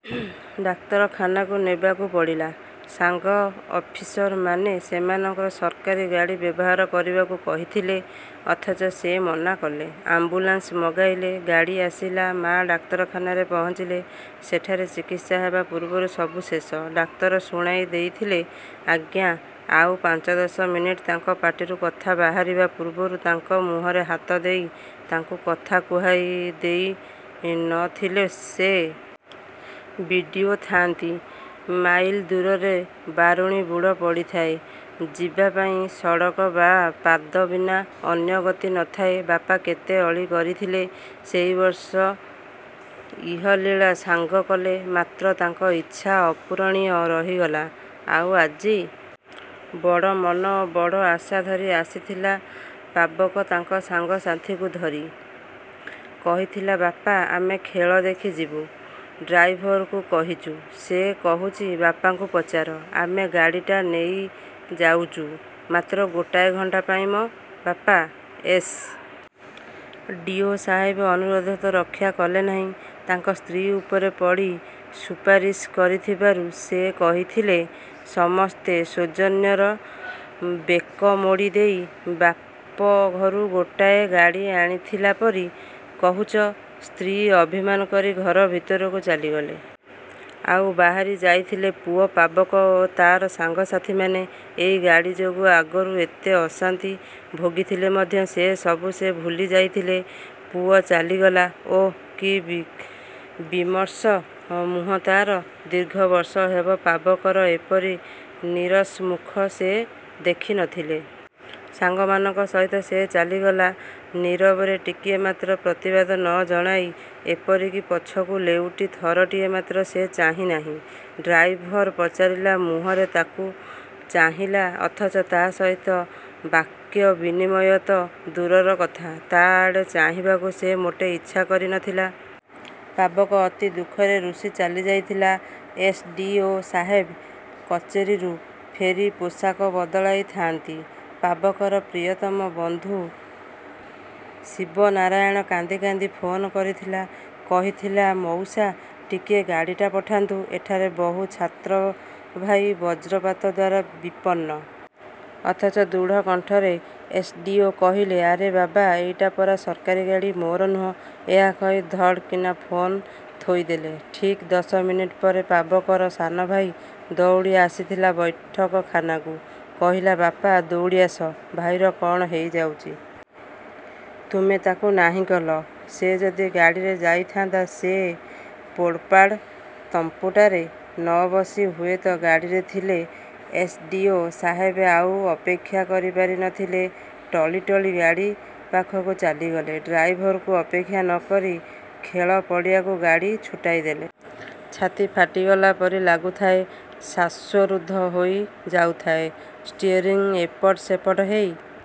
ଡାକ୍ତରଖାନାକୁ ନେବାକୁ ପଡ଼ିଲା। ସାଙ୍ଗ ଅଫିସରମାନେ ସେମାନଙ୍କ ସରକାରୀ ଗାଡ଼ି ବ୍ୟବହାର କରିବାକୁ କହିଥିଲେ; ଅଥଚ ସେ ମନା କଲେ-। ଆମ୍ବୁଲେନ୍ସ ମଗାଇଲେ, ଗାଡ଼ି ଆସିଲା। ମା'ଡାକ୍ତରଖାନାରେ ପହଞ୍ଚିଲେ, ସେଠାରେ ଚିକିତ୍ସା ହେବା ପୂର୍ବରୁ ସବୁ ଶେଷ। ଡାକ୍ତର ଶୁଣାଇ ଦେଇଥିଲେ—ଆଜ୍ଞା, ଆଉ ପାଞ୍ଚ ଦଶ ମିନିଟ୍—ତାଙ୍କ ପାଟିରୁ କଥା ବାହାରିବା ପୂର୍ବରୁ ତାଙ୍କ ମୁହଁରେ ହାତ ଦେଇ ତାଙ୍କୁ କଥା କୁହାଇ ଦେଇ ନ ଥିଲେ ସେ। ବି. ଡ଼ି. ଓ. ଥାଆନ୍ତି। ମାଇଲ ଦୂରରେ ବାରୁଣୀ ବୁଡ଼ ପଡ଼ିଥାଏ। ଯିବାପାଇଁ ଶଗଡ ବା ପାଦ ବିନା ଅନ୍ୟ ଗତି ନ ଥାଏ। ବାପା କେତେ ଅଳି କରିଥିଲେ। ସେଇ ବର୍ଷ ଇହଲୀଳା ସାଂଗ କଲେ, ମାତ୍ର ତାଙ୍କ ଇଚ୍ଛା ଅପୂରଣୀୟ ରହିଗଲା। ଆଉ ଆଜି। ବଡ଼ ମନ ଓ ବଡ଼ ଆଶା ଧରି ଆସିଥିଲା ପାବକ ତାର ସାଙ୍ଗ ସାଥୀଙ୍କୁ ଧରି। କହିଥିଲା—ବାପା, ଆମେ ଖେଳ ଦେଖି ଯିବୁ। ଡ୍ରାଇଭରକୁ କହିଚୁ। ସେ କହୁଚି ବାପାଙ୍କୁ ପଚାର। ଆମେ ଗାଡ଼ିଟା ନେଇଯାଉଚୁ। ମାତ୍ର ଗୋଟାଏ ଘଣ୍ଟା ପାଇଁ ମ ବାପା! ଏସ୍. ଡ଼ି. ଓ. ସାହେବ ଅନୁରୋଧ ତ ରକ୍ଷା କଲେ ନାହିଁ, ତାଙ୍କ ସ୍ତ୍ରୀ ଉପରେ ପଡ଼ି ସୁପାରିଶ କରିଥିବାରୁ ସେ କହିଥିଲେ, ସମସ୍ତ ସୌଜନ୍ୟର ବେକ ମୋଡ଼ି ଦେଇ—ବାପ ଘରୁ ଗୋଟାଏ ଗାଡ଼ି ଆଣିଥିଲା ପରି କହୁଚ! ସ୍ତ୍ରୀ ଅଭିମାନ କରି ଘର ଭିତରକୁ ଚାଲିଗଲେ। ଆଉ ବାହାରି ଯାଇଥିଲେ ପୁଅ ପାବକ ଓ ତାର ସାଙ୍ଗ ସାଥୀମାନେ। ଏଇ ଗାଡ଼ି ଯୋଗୁଁ ଆଗରୁ ଏତେ ଅଶାନ୍ତି ଭୋଗିଥିଲେ ମଧ୍ୟ ସେ ସବୁ ସେ ଭୁଲି ଯାଇଥିଲେ, ପୁଅ ଚାଲିଗଲା। ଓଃ କି ବିମର୍ଷ ମୁହଁ ତାର। ଦୀର୍ଘ ବର୍ଷ ହେବ ପାବକର ଏପରି ନୀରସ ମୁଖ ସେ ଦେଖି ନ ଥିଲେ। ସାଙ୍ଗମାନଙ୍କ ସହିତ ସେ ଚାଲିଗଲା। ନୀରବରେ, ଟିକିଏ ମାତ୍ର ପ୍ରତିବାଦ ନ ଜଣାଇ; ଏପରି କି ପଛକୁ ଲେଉଟି ଥରଟିଏ ମାତ୍ର ସେ ଚାହିଁ ନାହିଁ। ଡ୍ରାଇଭର ପଚାରିଲା ମୁହଁରେ ତାକୁ। ଚାହିଁଲା। ଅଥଚ ତା ସହିତ ବାକ୍ୟ ବିନିମୟ ତ ଦୂରର କଥା, ତା ଆଡ଼େ ଚାହିଁବାକୁ ସେ ମୋଟେ ଇଚ୍ଛା କରି ନ ଥିଲା। ପାବକ ଅତି ଦୁଃଖରେ ରୁଷି ଚାଲି ଯାଇଥିଲା। ଏସ. ଡ଼ି. ଓ. ସାହେବ କଚେରୀରୁ ଫେରି ପୋଷାକ ବଦଳାଇ ଥାଆନ୍ତି, ପାବକର ପ୍ରିୟତମ ବନ୍ଧୁ ଶିବନାରାୟଣ କାନ୍ଦି କାନ୍ଦି ଫୋନ କରିଥିଲା—କହିଥିଲା ମଉସା, ଟିକିଏ ଗାଡ଼ିଟା ପଠାନ୍ତୁ। ଏଠାରେ ବହୁ ଛାତ୍ରଭାଇ ବଜ୍ରପାତ ଦ୍ୱାରା ବିପନ୍ନ। ଅଥଚ ଦୃଢ଼ କଣ୍ଟରେ ଏସ୍. ଡ଼ି. ଓ. କହିଥିଲେ—ଆରେ ବାବା ଏଇଟା ପରା ସରକାରୀ ଗାଡ଼ି, ମୋର ନୁହେଁ। ଏହା କହି ଧଡ଼ କିନା ଫୋନ ଥୋଇଦେଲେ। ଠିକ୍ ଦଶ ମିନିଟ୍ ପରେ ପାବକର ସାନ ଭାଇ ଦଉଡ଼ିଆସିଥିଲା ବୈଠକଖାନାକୁ। କହିଥିଲା—ବପା ଦୌଡ଼ିଆସ, ଭାଇର କ'ଣ ହେଇ ଯାଉଚି। ତୁମେ ତାକୁ ନାହିଁ କଲ, ସେ ଯଦି ଗାଡ଼ିରେ ଯାଇ ଥାଆନ୍ତା ସେ ପୋଡ଼ପାଡ଼ ତମ୍ଫୁଟାରେ ନ ବସି ହୁଏତ ଗାଡ଼ିରେ ଥିଲେ— ଏସ୍. ଡ଼ି. ଓ. ସାହେବ ଆଉ ଅପେକ୍ଷା କରି ପାରି ନ ଥିଲେ। ଟଳି ଟଳି ଗାଡ଼ି ପାଖକୁ ଚାଲିଗଲେ। ଡ୍ରାଇଭରକୁ ଅପେକ୍ଷା ନ କରି ଖେଳ ପଡ଼ିଆକୁ ଗାଡ଼ି ଛୁଟାଇଦେଲେ। ଛାତି ଫାଟି ଗଲା ପରି ଲାଗୁଥାଏ। ଶ୍ୱାସରୁଦ୍ଧ ହୋଇ ଯାଉଥାଏ। ଷ୍ଟିଅରିଂ ଏପଟ ସେପଟ ହେଇ